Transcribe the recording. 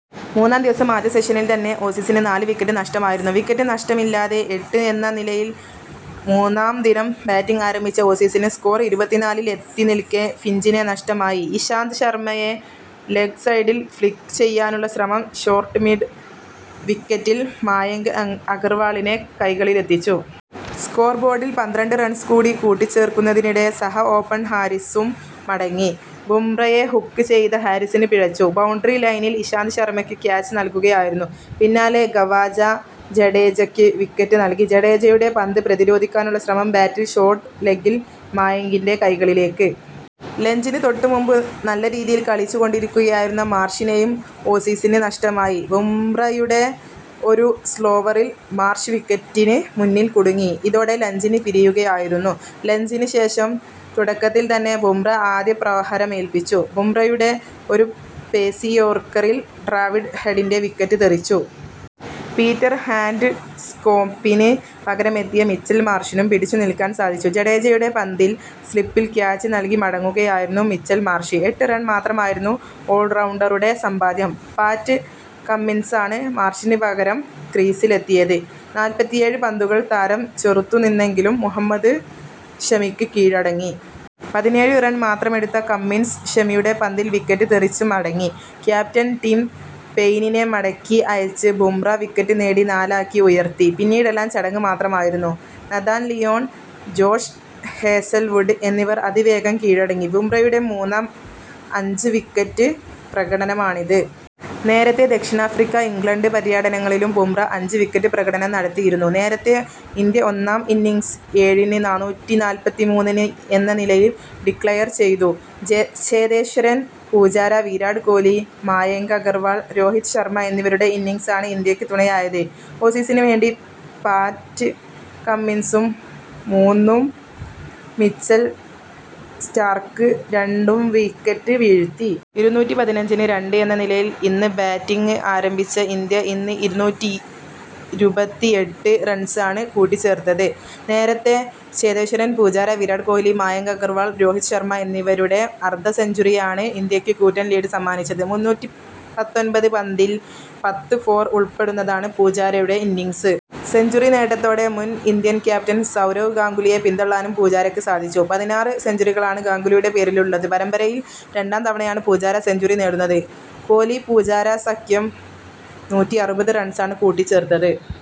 മൂന്നാം ദിവസം ആദ്യ സെസഷനിൽ തന്നെ ഓസീസിന് നാല് വിക്കറ്റ് നഷ്ടമായിരുന്നു. വിക്കറ്റ് നഷ്ടമില്ലാതെ എട്ട് എന്ന നിലയിൽ മൂന്നാം ദിനം ബാറ്റിങ് ആരംഭിച്ച ഓസീസിന് സ്കോർ ഇരുപത്തിനാലിൽ എത്തിനിൽക്കെ ഫിഞ്ചിനെ നഷ്ടമായി. ഇശാന്ത് ശർമയെ ലെഗ് സൈഡിൽ ഫ്ളിക്ക് ചെയ്യാനുള്ള ശ്രമം ഷോർട്ട് മിഡ് വിക്കറ്റിൽ മായങ്ക് അഗർവാളിൻ്റെ കൈകളിലെത്തിച്ചു. സ്കോർ ബോർഡിൽ പന്ത്രണ്ട് റൺസ് കൂടി കൂട്ടിച്ചേർക്കുന്നതിനിടെ സഹ ഓപ്പൺ ഹാരിസും മടങ്ങി. ബുംറയെ ഹുക്ക് ചെയ്ത ഹാരിസിന് പിഴച്ചു. ബൌണ്ടറി ലൈനിൽ ഇശാന്ത് ശർമയ്ക്ക് ക്യാച്ച് നൽകുകയായിരുന്നു. പിന്നാലെ ഖവാജ ജഡേജയ്ക്ക് വിക്കറ്റ് നൽകി. ജഡേജയുടെ പന്ത് പ്രതിരോധിക്കാനുള്ള ശ്രമം ബാറ്റിൽ ഷോർട്ട് ലെഗിൽ മായങ്കിൻ്റെ കൈകളിലേക്ക്. ലഞ്ചിന് തൊട്ട് മുമ്പ് നല്ല രീതിയിൽ കളിച്ചിക്കൊണ്ടിരിക്കുകയായിരുന്ന മാർഷിനെയും ഓസീസിന് നഷ്ടമായി. ബുംറയുടെ ഒരു സ്ലോവറിൽ മാർഷ് വിക്കറ്റിന് മുന്നിൽ കുടുങ്ങി. ഇതോടെ ലഞ്ചിന് പിരിയുകയായിരുന്നു. ലഞ്ചിന് ശേഷം തുടക്കത്തിൽ തന്നെ ബുംറ ആദ്യ പ്രാഹരമേൽപ്പിച്ചു. ബുംറയുടെ ഒരു പേസി യോർക്കറിൽ ട്രാവിസ് ഹെഡിൻ്റെ വിക്കറ്റ് തെറിച്ചു. പീറ്റർ ഹാൻഡ്സ്കോംബിന് പകരമെത്തിയ മിച്ചൽ മാർഷിനും പിടിച്ചു നിൽക്കാൻ സാധിച്ചു. ജഡേജയുടെ പന്തിൽ സ്ലിപ്പിൽ ക്യാച്ച് നൽകി മടങ്ങുകയായിരുന്നു മിച്ചൽ മാർഷ്. എട്ട് റൺ മാത്രമായിരുന്നു ഓൾറൌണ്ടറുടെ സമ്പാദ്യം. പാറ്റ് കമ്മിൻസാണ് മാർഷിന് പകരം ക്രീസിലെത്തിയത്. നാല്പത്തിയേഴ് പന്തുകൾ താരം ചെറുത്തുനിന്നെങ്കിലും മുഹമ്മദ് ഷമിക്ക് കീഴടങ്ങി. പതിനേഴ് റൺ മാത്രമെടുത്ത കമ്മിൻസ് ഷമിയുടെ പന്തിൽ വിക്കറ്റ് തെറിച്ച് മടങ്ങി. ക്യാപ്റ്റൻ ടിം പെയ്നിനെ മടക്കി അയച്ച് ബുംറ വിക്കറ്റ് നേട്ടം നാലാക്കി ഉയർത്തി. പിന്നീടെല്ലാം ചടങ്ങ് മാത്രമായിരുന്നു. നഥാൻ ലിയോൺ, ജോഷ് ഹേസൽവുഡ് എന്നിവർ അതിവേഗം കീഴടങ്ങി. ബുംറയുടെ മൂന്നാം അഞ്ച് വിക്കറ്റ് പ്രകടനമാണിത്. നേരത്തെ ദക്ഷിണാഫ്രിക്ക, ഇംഗ്ലണ്ട് പര്യടനങ്ങളിലും ബുംറ അഞ്ച് വിക്കറ്റ് പ്രകടനം നടത്തിയിരുന്നു. നേരത്തെ, ഇന്ത്യ ഒന്നാം ഇന്നിങ്സ് ഏഴിന് നാനൂറ്റിനാല്പത്തിമൂന്നിന് എന്ന നിലയിൽ ഡിക്ലയർ ചെയ്തു. ചേതേശ്വരൻ #പൂജാര, വിരാട് കോലി, മായങ്ക് അഗർവാൾ, രോഹിത് ശർമ എന്നിവരുടെ ഇന്നിങ്സാണ് ഇന്ത്യക്ക് തുണയായത്. ഓസീസിന് വേണ്ടി പാറ്റ് കമ്മിൻസും മൂന്നും മിച്ചൽ സ്റ്റാർക്ക് രണ്ടും വിക്കറ്റ് വീഴ്ത്തി. ഇരുന്നൂറ്റിപതിനഞ്ചിന് രണ്ട് എന്ന നിലയിൽ ഇന്ന് ബാറ്റിങ് ആരംഭിച്ച ഇന്ത്യ ഇന്ന് ഇരുന്നൂറ്റീരുപത്തിഏട്ട് റൺസാണ് കൂട്ടിച്ചേർത്തത്. നേരത്തെ, ചേതേശ്വരൻ പൂജാര, വിരാട് കോലി, മായങ്ക് അഗർവാൾ, രോഹിത് ശർമ എന്നിവരുടെ അർധ സെഞ്ചുറിയാണ് ഇന്ത്യക്ക് കൂറ്റൻ ലീഡ് സമ്മാനിച്ചത്. മുന്നൂറ്റിപത്തൊൻപത് പന്തിൽ പത്ത് ഫോർ ഉൾപ്പെടുന്നതാണ് പൂജാരയുടെ ഇന്നിങ്സ്. സെഞ്ചുറി നേട്ടത്തോടെ മുൻ ഇന്ത്യൻ ക്യാപ്റ്റൻ സൗരവ് ഗാംഗുലിയെ പിന്തള്ളാനും പൂജാരജയ്ക്ക് സാധിച്ചു. പതിനാറ് സെഞ്ചുറികളാണ് ഗാംഗുലിയുടെ പേരിലുള്ളത്. പരമ്പരയിൽ രണ്ടാം തവണയാണ് പൂജാര സെഞ്ചുറി നേടുന്നത്. കോലി പൂജാര സഖ്യം നൂറ്റിഅറുപത് റൺസാണ് കൂട്ടിച്ചേർത്തത്.